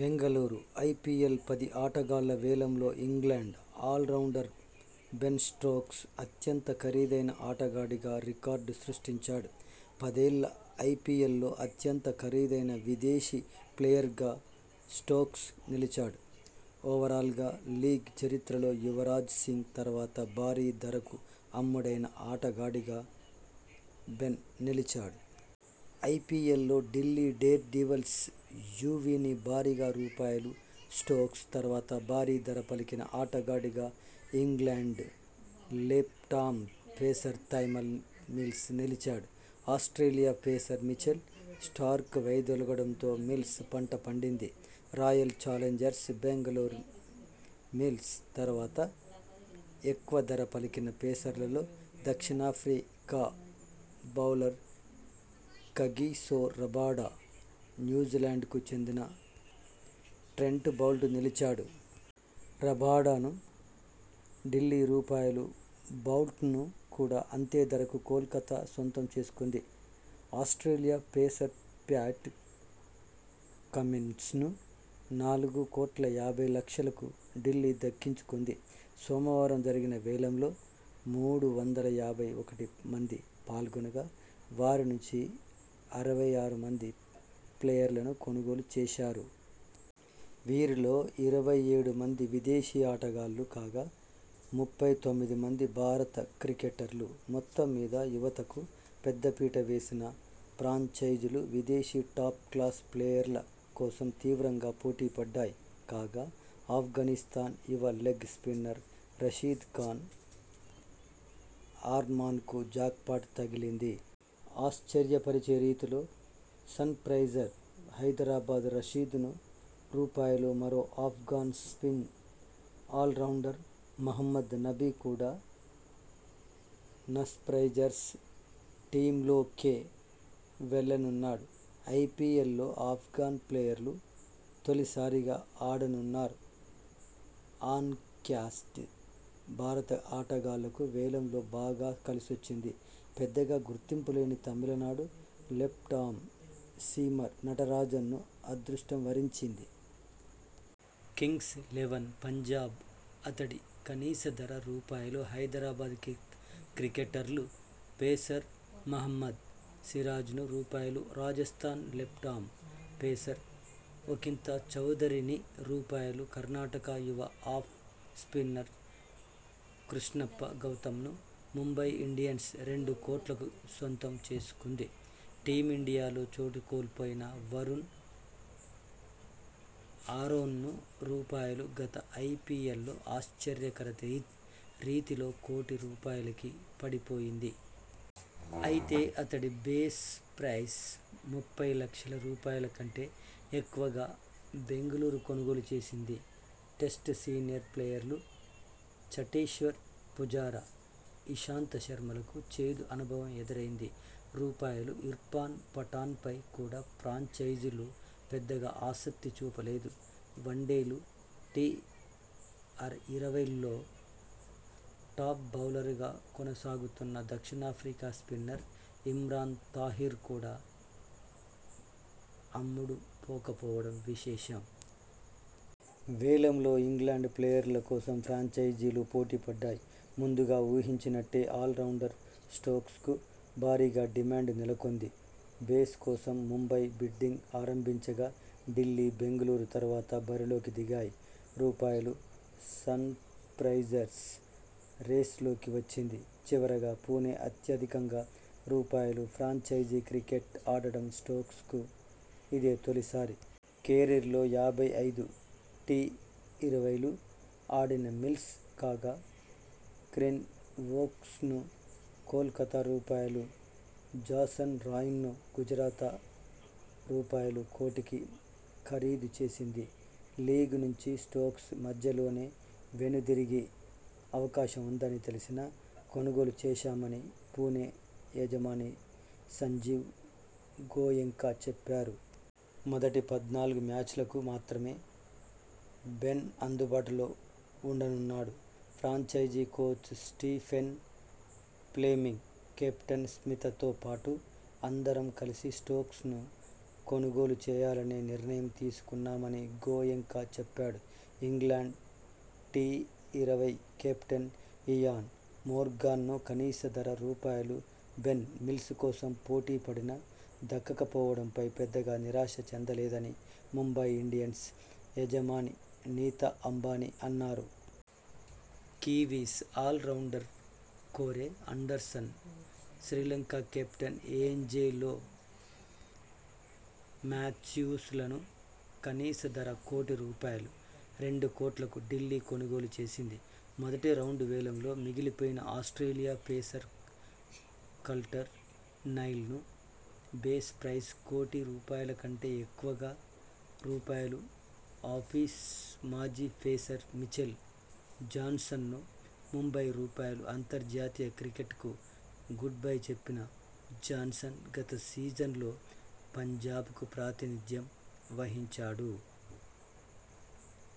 Bengaluru IPL పది ఆటగాళ్ల వేలంలో ఇంగ్లండ్ ఆల్రౌండర్ బెన్ స్టోక్స్ అత్యంత ఖరీదైన ఆటగాడిగా రికార్డు సృష్టించాడు. పదేళ్ల ఐపీఎల్లో అత్యంత ఖరీదైన విదేశీ ప్లేయర్గా స్టోక్స్ నిలిచాడు. ఓవరాల్గా లీగ్ చరిత్రలో యువరాజ్ సింగ్ తర్వాత భారీ ధరకు అమ్ముడైన ఆటగాడిగా బెన్ నిలిచాడు. ఐపీఎల్లో ఢిల్లీ డేర్డెవిల్స్ యువీని భారీగా రూపాయలు స్టోక్స్ తర్వాత భారీ ధర పలికిన ఆటగాడిగా England left arm pacer Tymal Mills నిలిచాడు. ఆస్ట్రేలియా పేసర్ మిచెల్ స్టార్క్ వైదొలగడంతో మిల్స్ పంట పడింది. రాయల్ చాలెంజర్స్ బెంగళూరు మిల్స్ తర్వాత ఎక్కువ ధర పలికిన పేసర్లలో దక్షిణాఫ్రికా బౌలర్ కగిసొ రబాడ, న్యూజిలాండ్కు చెందిన ట్రెంట్ బౌల్ట్ నిలిచారు. రబాడను ఢిల్లీ రూపాయలు బౌల్ట్ను కూడా అంతే ధరకు కోల్కతా సొంతం చేసుకుంది. ఆస్ట్రలియా పేసర్ ప్యాట్ కమిన్స్ను నాలుగు కోట్ల యబ్బై లక్షలకు ఢిల్లీ దక్కించుకుంది. సోమవారం జరిగిన వేలంలో మూడు వందల యాభై ఒకటి మంది పాల్గొనగా, వారి నుంచి అరవై ఆరు మంది ప్లేయర్లను కొనుగోలు చేశారు. వీరిలో ఇరవై ఏడు మంది విదేశీ ఆటగాళ్లు కాగా, ముప్పై తొమ్మిది మంది భారత క్రికెటర్లు. మొత్తం మీద యువతకు పెద్ద పీట వేసిన ఫ్రాంచైజీలు విదేశీ టాప్ క్లాస్ ప్లేయర్ల కోసం తీవ్రంగా పోటీ పడ్డాయి. కాగా, అఫ్ఘానిస్థాన్ యువ లెగ్ స్పిన్నర్ రషీద్ ఖాన్ అర్మాన్కు జాక్పాట్ తగిలింది. ఆశ్చర్యపరిచే రీతిలో సన్రైజర్స్ హైదరాబాద్ రషీద్ను రూపాయలు మరో అఫ్ఘాన్ స్పిన్ ఆల్రౌండర్ మహమ్మద్ నబి కూడా సన్రైజర్స్ టీమ్లోకే వెళ్లనున్నాడు. ఐపీఎల్లో అఫ్ఘాన్ ప్లేయర్లు తొలిసారిగా ఆడనున్నారు. అన్ క్యాప్డ్ భారత ఆటగాళ్లకు వేలంలో బాగా కలిసొచ్చింది. పెద్దగా గుర్తింపులేని తమిళనాడు లెఫ్టామ్ సీమర్ నటరాజన్ను అదృష్టం వరించింది. కింగ్స్ లెవన్ పంజాబ్ అతడి కనీస ధర రూపాయలు హైదరాబాద్ క్రికెటర్లు పేసర్ మహమ్మద్ సిరాజ్ను రూపాయలు రాజస్థాన్ లెఫ్టామ్ పేసర్ అంకిత చౌదరి ని రూపాయలు కర్ణాటక యువ ఆఫ్ స్పిన్నర్ కృష్ణప్ప గౌతమ్ను ముంబై ఇండియన్స్ రెండు కోట్లకు సొంతం చేసుకుంది. టీమిండియాలో చోటు కోల్పోయిన వరుణ్ ఆరోన్ను రూపాయలు గత ఐపీఎల్లో ఆశ్చర్యకర రీతిలో కోటి రూపాయలకి పడిపోయింది. అయితే అతడి బేస్ ప్రైస్ ముప్పై లక్షల రూపాయలు కంటే ఎక్కువగా బెంగళూరు కొనుగోలు చేసింది. టెస్ట్ సీనియర్ ప్లేయర్లు చటేశ్వర్ పుజరా, ఇషాంత శర్మలకు చేదు అనుభవం ఎదురైంది. రూపాయలు ఇర్ఫాన్ పఠాన్పై కూడా ఫ్రాంచైజీలు పెద్దగా ఆసక్తి చూపలేదు. వన్డేలు, టీఇరవైల్లో టాప్ బౌలర్ గా కొనసాగుతున్న దక్షిణాఫ్రికా స్పిన్నర్ ఇమ్రాన్ తాహిర్ కూడా అమ్ముడుపోకపోవడం విశేషం. వేలంలో ఇంగ్లండ్ ప్లేయర్ల కోసం ఫ్రాంచైజీలు పోటీపడ్డాయి. ముందుగా ఊహించినట్టే ఆల్రౌండర్ స్టోక్స్కు భారీగా డిమాండ్ నెలకొంది. బెన్ కోసం ముంబై బిడ్డింగ్ ఆరంభించగా ఢిల్లీ, బెంగళూరు తర్వాత బరిలోకి దిగాయి. రూపాయలు సన్రైజర్స్ రేస్లోకి వచ్చింది. చివరగా పుణె అత్యధికంగా రూపాయలు ఫ్రాంచైజీ క్రికెట్ ఆడడం స్టోక్స్కు ఇదే తొలిసారి. కెరీర్లో యాభై ఐదు టీఇరవైలు ఆడిన మిల్స్ కాగా, క్రిస్ వోక్స్ను కోల్కతా రూపాయలు జాసన్ రాయ్ను గుజరాత రూపాయలు కోటికి ఖరీదు చేసింది. లీగ్ నుంచి స్టోక్స్ మధ్యలోనే వెనుదిరిగే అవకాశం ఉందని తెలిసి నా కొనుగోలు చేశామని పుణె యజమాని సంజీవ్ గోయెంకా చెప్పాడు. మొదటి పద్నాలుగు మ్యాచ్లకు మాత్రమే బెన్ అందుబాటులో ఉండనున్నాడు. Franchise coach Stephen Fleming, captain స్మితతోపాటు అందరం కలిసి స్టోక్స్ను కొనుగోలు చేయాలనే నిర్ణయం తీసుకున్నామని గోయెంకా చెప్పా డు. ఇంగ్లండ్ టీఇరవై కెప్టెన్ ఇయాన్ మోర్గాన్ను కనీస ధర రూపాయలు బెన్, మిల్స్ కోసం పోటీపడినా దక్కక పోవడంపై పెద్దగా నిరాశ చెందలేదని ముంబై ఇండియన్స్ యజమాని నీతా అంబానీ అన్నారు. Kiwis all rounder Corey Anderson, Sri Lanka captain Angelo మాథ్యూస్లను కనీస ధర కోటి రూపాయలు, రెండు కోట్లకు ఢిల్లీ కొనుగోలు చేసింది. మొదటి రౌండ్ వేలంలో మిగిలిపోయిన ఆస్ట్రేలియా పేసర్ కల్టర్ నైల్ను బేస్ ప్రైస్ కోటి రూపాయలు కంటే ఎక్కువగా రూపాయలు ఆసీస్ మాజీ పేసర్ మిచెల్ జాన్సన్ను ముంబై రూపాయలు అంతర్జాతీయ క్రికెట్కు గుడ్బై చెప్పిన జాన్సన్ గత సీజన్లో పంజాబ్కు ప్రాతినిధ్యం వహించాడు.